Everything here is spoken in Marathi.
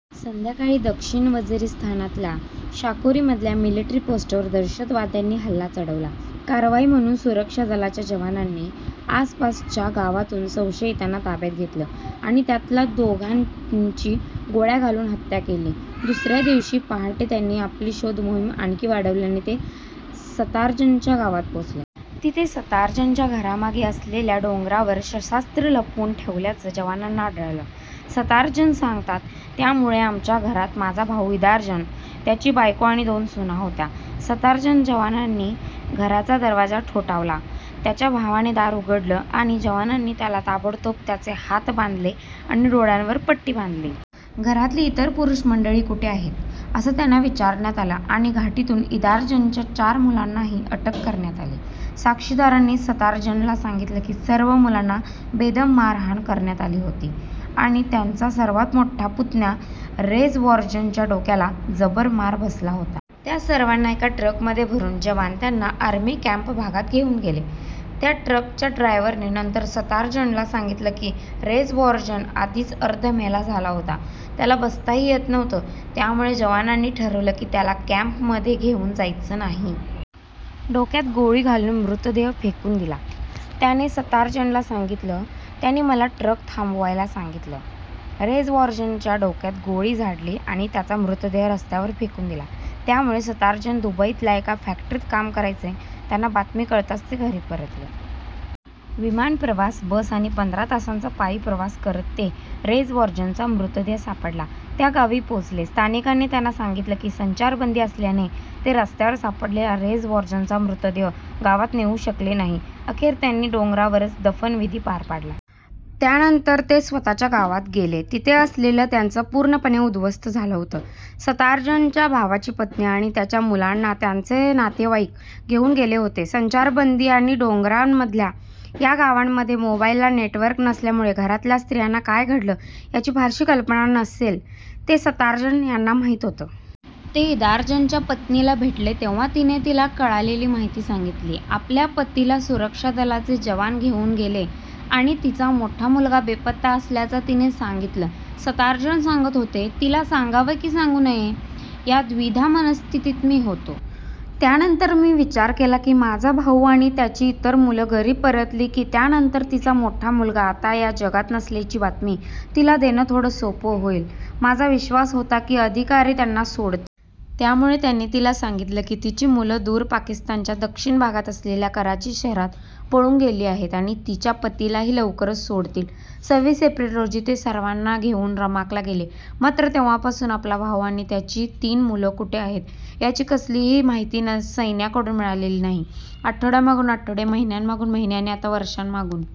संध्याकाळी दक्षिण वझिरीस्तानातल्या शाकोरीमधल्या मिलिट्री पोस्टवर दहशतवाद्यांनी हल्ला चढवला. कारवाई म्हणून सुरक्षा दलाच्या जवानांनी आसपासच्या गावातून संशयितांना ताब्यात घेतलं आणि त्यातल्या दोघांची गोळ्या घालून हत्या केली. दुसऱ्या दिवशी पहाटे त्यांनी आपली शोध मोहीम आणखी वाढवली आणि ते सतार्जनच्या गावात पोचले. तिथे सतार्जनच्या घरामागे असलेल्या डोंगरावर शस्त्रास्त्र लपवून ठेवल्याचं जवानांना आढळलं. सतार्जन सांगतात, त्यावेळी आमच्या घरात माझा भाऊ इदार्जन, त्याची बायको आणि दोन सुना होत्या. सतार्जन जवानांनी घराचा दरवाजा ठोठावला. त्यांच्या भावाने दार उघडलं आणि जवानांनी त्याला ताबडतोब त्याचे हात बांधले आणि डोळ्यावर पट्टी बांधली. घरातली इतर पुरूष मंडळी कुठे आहेत, असं त्यांना विचारण्यात आलं आणि घाटीतून इदार्जनच्या चार मुलांनाही अटक करण्यात आली. साक्षीदारांनी सतार्जनला सांगितलं की सर्व मुलांना बेदम मारहाण करण्यात आली होती आणि त्यांचा सर्वात मोठा पुतण्या रेझवार्जनच्या डोक्याला जबर मार बसला होता. त्या सर्वांना एका ट्रकमध्ये भरून जवान त्यांना आर्मी कॅम्प भागात घेऊन गेले. त्या ट्रकच्या ड्रायव्हरने नंतर सतार्जनला सांगितलं की रेझवार्जन आधीच अर्धमेला झाला होता. त्याला बसताही येत नव्हतं. त्यामुळे जवानांनी ठरवलं की त्याला कॅम्पमध्ये घेऊन जायचं नाही. डोक्यात गोळी घालून मृतदेह फेकून दिला त्याने सतार्जनला सांगितलं, त्यांनी मला ट्रक थांबवायला सांगितलं. रेझवार्जनच्या डोक्यात गोळी झाडली आणि त्याचा मृतदेह रस्त्यावर फेकून दिला. त्यावेळी सतार्जन दुबईतल्या एका फॅक्ट्रीत काम करायचे. त्यांना बातमी कळताच ते घरी परतले. विमानप्रवास, बस आणि पंधरा तासांचा पायी प्रवास करत ते रेझवार्जनचा मृतदेह सापडला त्या गावी पोचले. स्थानिकांनी त्यांना सांगितलं की संचारबंदी असल्याने ते रस्त्यावर सापडलेला रेझवार्जनचा मृतदेह गावात नेऊ शकले नाही. अखेर त्यांनी डोंगरावरच दफनविधी पार पाडला. यानंतर ते स्वतःच्या गावात गेले. तिथे असलेलं त्यांचं पूर्णपणे उद्ध्वस्त झालं होतं. सतार्जनच्या भावाची पत्नी आणि त्याच्या मुलांना त्याचे नातेवाईक घेऊन गेले होते. संचारबंदी आणि डोंगरांमधल्या या गावांमध्ये मोबाईलला नेटवर्क नसल्यामुळे घरातल्या स्त्रियांना काय घडलं, याची फारशी कल्पना नसेल, हे सतार्जन यांना माहिती होतं. ते इदार्जनच्या पत्नीला भेटले तेव्हा तिने तिला कळालेली माहिती सांगितली. आपल्या पतीला सुरक्षा दलाचे जवान घेऊन गेले आणि तिचा मोठा मुलगा बेपत्ता असल्याचं तिने सांगितलं. सतार्जन सांगत होते, तिला सांगावं की सांगू नये, या द्विधा मनःस्थितीत मी होतो. त्यानंतर मी विचार केला की माझा भाऊ आणि त्याची इतर मुलं घरी परतली की त्यानंतर तिचा मोठा मुलगा आता या जगात नसल्याची बातमी तिला देणं थोडं सोपं होईल. माझा विश्वास होता की अधिकारी त्यांना सोडतील. त्यामुळे त्यांनी तिला सांगितलं की तिची मुलं दूर पाकिस्तानच्या दक्षिण भागात असलेल्या कराची शहरात पळून गेली आहेत आणि तिच्या पतीलाही लवकरच सोडतील. सव्वीस एप्रिल रोजी ते सर्वांना घेऊन रमाकला गेले. मात्र, तेव्हापासून आपला भाऊ आणि त्याची तीन मुलं कुठे आहेत, याची कसलीही माहिती सैन्याकडून मिळालेली नाही. आठवड्यांमागून आठवडे, महिन्यांमागून महिने आणि आता वर्षांमागून